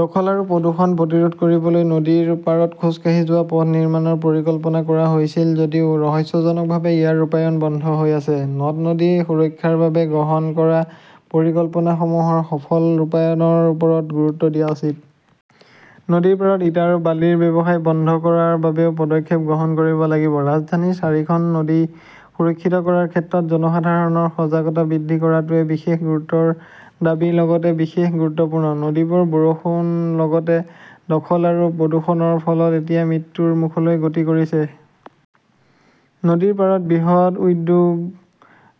দখল আৰু প্ৰদূষণ প্ৰতিৰোধ কৰিবলৈ নদীৰ পাৰত খোজকাঢ়ি যোৱা পথ নিৰ্মাণৰ পৰিকল্পনা কৰা হৈছিল যদিও ৰহস্যজনকভাৱে ইয়াৰ ৰূপায়ণ বন্ধ হৈ আছে। নদ-নদী সুৰক্ষাৰ বাবে গ্ৰহণ কৰা পৰিকল্পনাসমূহৰ সফল ৰূপায়ণৰ ওপৰত গুৰুত্ব দিয়া উচিত। নদীৰ পাৰত ইটা আৰু বালিৰ ব্যৱসায় বন্ধ কৰাৰ বাবেও পদক্ষেপ গ্ৰহণ কৰিব লাগিব। ৰাজধানীৰ চাৰিখন নদী সুৰক্ষিত কৰাৰ ক্ষেত্ৰত জনসাধাৰণৰ সজাগতা বৃদ্ধি কৰাটোৱে বিশেষ গুৰুত্বৰ দাবী লগতে বিশেষ গুৰুত্বপূৰ্ণ। নদীবোৰ বৰষুণ লগতে দখল আৰু প্ৰদূষণৰ ফলত এতিয়া মৃত্যুৰ মুখলৈ গতি কৰিছে। নদীৰ পাৰত বৃহৎ উদ্যোগ,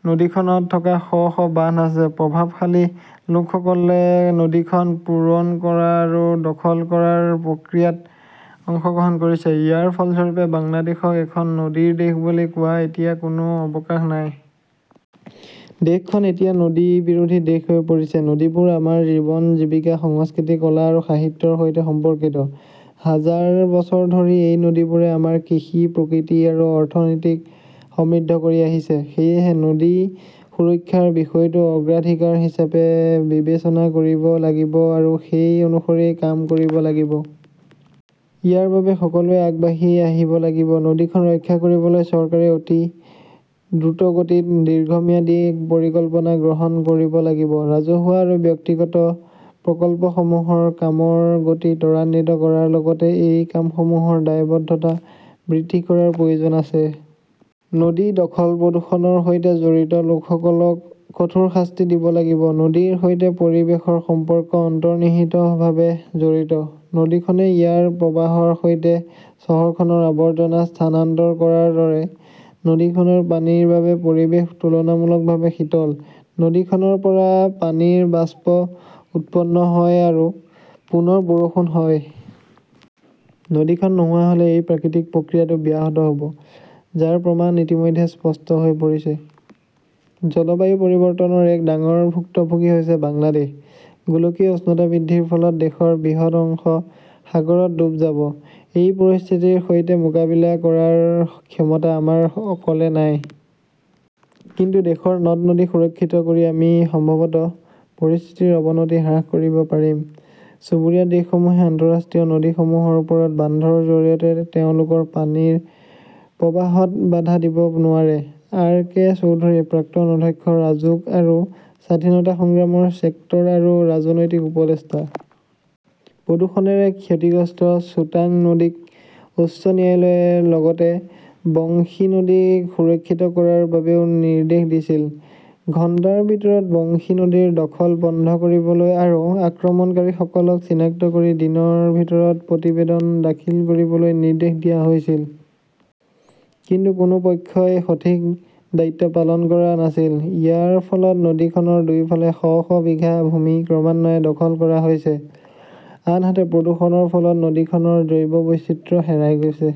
নদীখনত থকা শ শ বান্ধ আছে। প্ৰভাৱশালী লোকসকলে নদীখন পূৰণ কৰা আৰু দখল কৰাৰ প্ৰক্ৰিয়াত অংশগ্ৰহণ কৰিছে। ইয়াৰ ফলস্বৰূপে বাংলাদেশক এখন নদীৰ দেশ বুলি কোৱা এতিয়া কোনো অৱকাশ নাই। দেশখন এতিয়া নদী বিৰোধী দেশ হৈ পৰিছে। নদীবোৰ আমাৰ জীৱন, জীৱিকা, সংস্কৃতি, কলা আৰু সাহিত্যৰ সৈতে সম্পৰ্কিত। হাজাৰ বছৰ ধৰি এই নদীবোৰে আমাৰ কৃষি, প্ৰকৃতি আৰু অৰ্থনীতিক সমৃদ্ধ কৰি আহিছে। সেয়েহে, নদী সুৰক্ষাৰ বিষয়টো অগ্ৰাধিকাৰ হিচাপে বিবেচনা কৰিব লাগিব আৰু সেই অনুসৰি কাম কৰিব লাগিব। ইয়াৰ বাবে সকলোৱে আগবাঢ়ি আহিব লাগিব। নদীখন ৰক্ষা কৰিবলৈ চৰকাৰে অতি দ্ৰুতগতিত দীৰ্ঘম্যাদী পৰিকল্পনা গ্ৰহণ কৰিব লাগিব। ৰাজহুৱা আৰু ব্যক্তিগত প্ৰকল্পসমূহৰ কামৰ গতি ত্বৰান্বিত কৰাৰ লগতে এই কামসমূহৰ দায়বদ্ধতা বৃদ্ধি কৰাৰ প্ৰয়োজন আছে। নদী দখল-প্ৰদূষণৰ সৈতে জড়িত লোকসকলক কঠোৰ শাস্তি দিব লাগিব। নদীৰ সৈতে পৰিৱেশৰ সম্পৰ্ক অন্তৰ্নিহিতভাৱে জড়িত। নদীখনে ইয়াৰ প্ৰবাহৰ সৈতে চহৰখনৰ আৱৰ্জনা স্থানান্তৰ কৰাৰ দৰে, নদীখনৰ পানীৰ বাবে পৰিৱেশ তুলনামূলকভাৱে শীতল। নদীখনৰ পৰা পানীৰ বাষ্প উৎপন্ন হয় আৰু পুনৰ বৰষুণ হয়। নদীখন নোহোৱা হ'লে এই প্ৰাকৃতিক প্ৰক্ৰিয়াটো ব্যাহত হ'ব, যাৰ প্ৰমাণ ইতিমধ্যে স্পষ্ট হৈ পৰিছে। জলবায়ু পৰিৱৰ্তনৰ এক ডাঙৰ ভুক্তভোগী হৈছে বাংলাদেশ। গোলকীয় উষ্ণতা বৃদ্ধিৰ ফলত দেশৰ বৃহৎ অংশ সাগৰত ডুব যাব। এই পৰিস্থিতিৰ সৈতে মোকাবিলা কৰাৰ ক্ষমতা আমাৰ অকলে নাই। কিন্তু দেশৰ নদ-নদী সুৰক্ষিত কৰি আমি সম্ভৱতঃ পৰিস্থিতিৰ অৱনতি হ্ৰাস কৰিব পাৰিম। চুবুৰীয়া দেশসমূহে আন্তঃৰাষ্ট্ৰীয় নদীসমূহৰ ওপৰত বান্ধৰ জৰিয়তে তেওঁলোকৰ পানীৰ প্ৰবাহত বাধা দিব নোৱাৰে। আৰ কে চৌধুৰীঃ প্ৰাক্তন অধ্যক্ষ, ৰাজুক আৰু স্বাধীনতা সংগ্ৰামৰ ছেক্টৰ আৰু ৰাজনৈতিক উপদেষ্টা। প্ৰদূষণেৰে ক্ষতিগ্ৰস্ত চুটাঙ নদীক উচ্চ ন্যায়ালয়ে লগতে বংশী নদীক সুৰক্ষিত কৰাৰ বাবেও নিৰ্দেশ দিছিল। ঘণ্টাৰ ভিতৰত বংশী নদীৰ দখল বন্ধ কৰিবলৈ আৰু আক্ৰমণকাৰীসকলক চিনাক্ত কৰি দিনৰ ভিতৰত প্ৰতিবেদন দাখিল কৰিবলৈ নিৰ্দেশ দিয়া হৈছিল। কিন্তু কোনো পক্ষই সঠিক দায়িত্ব পালন কৰা নাছিল। ইয়াৰ ফলত নদীখনৰ দুয়োফালে শ শ বিঘা ভূমি ক্ৰমান্বয়ে দখল কৰা হৈছে। আনহাতে, প্ৰদূষণৰ ফলত নদীখনৰ জৈৱ বৈচিত্ৰ্য হেৰাই গৈছে।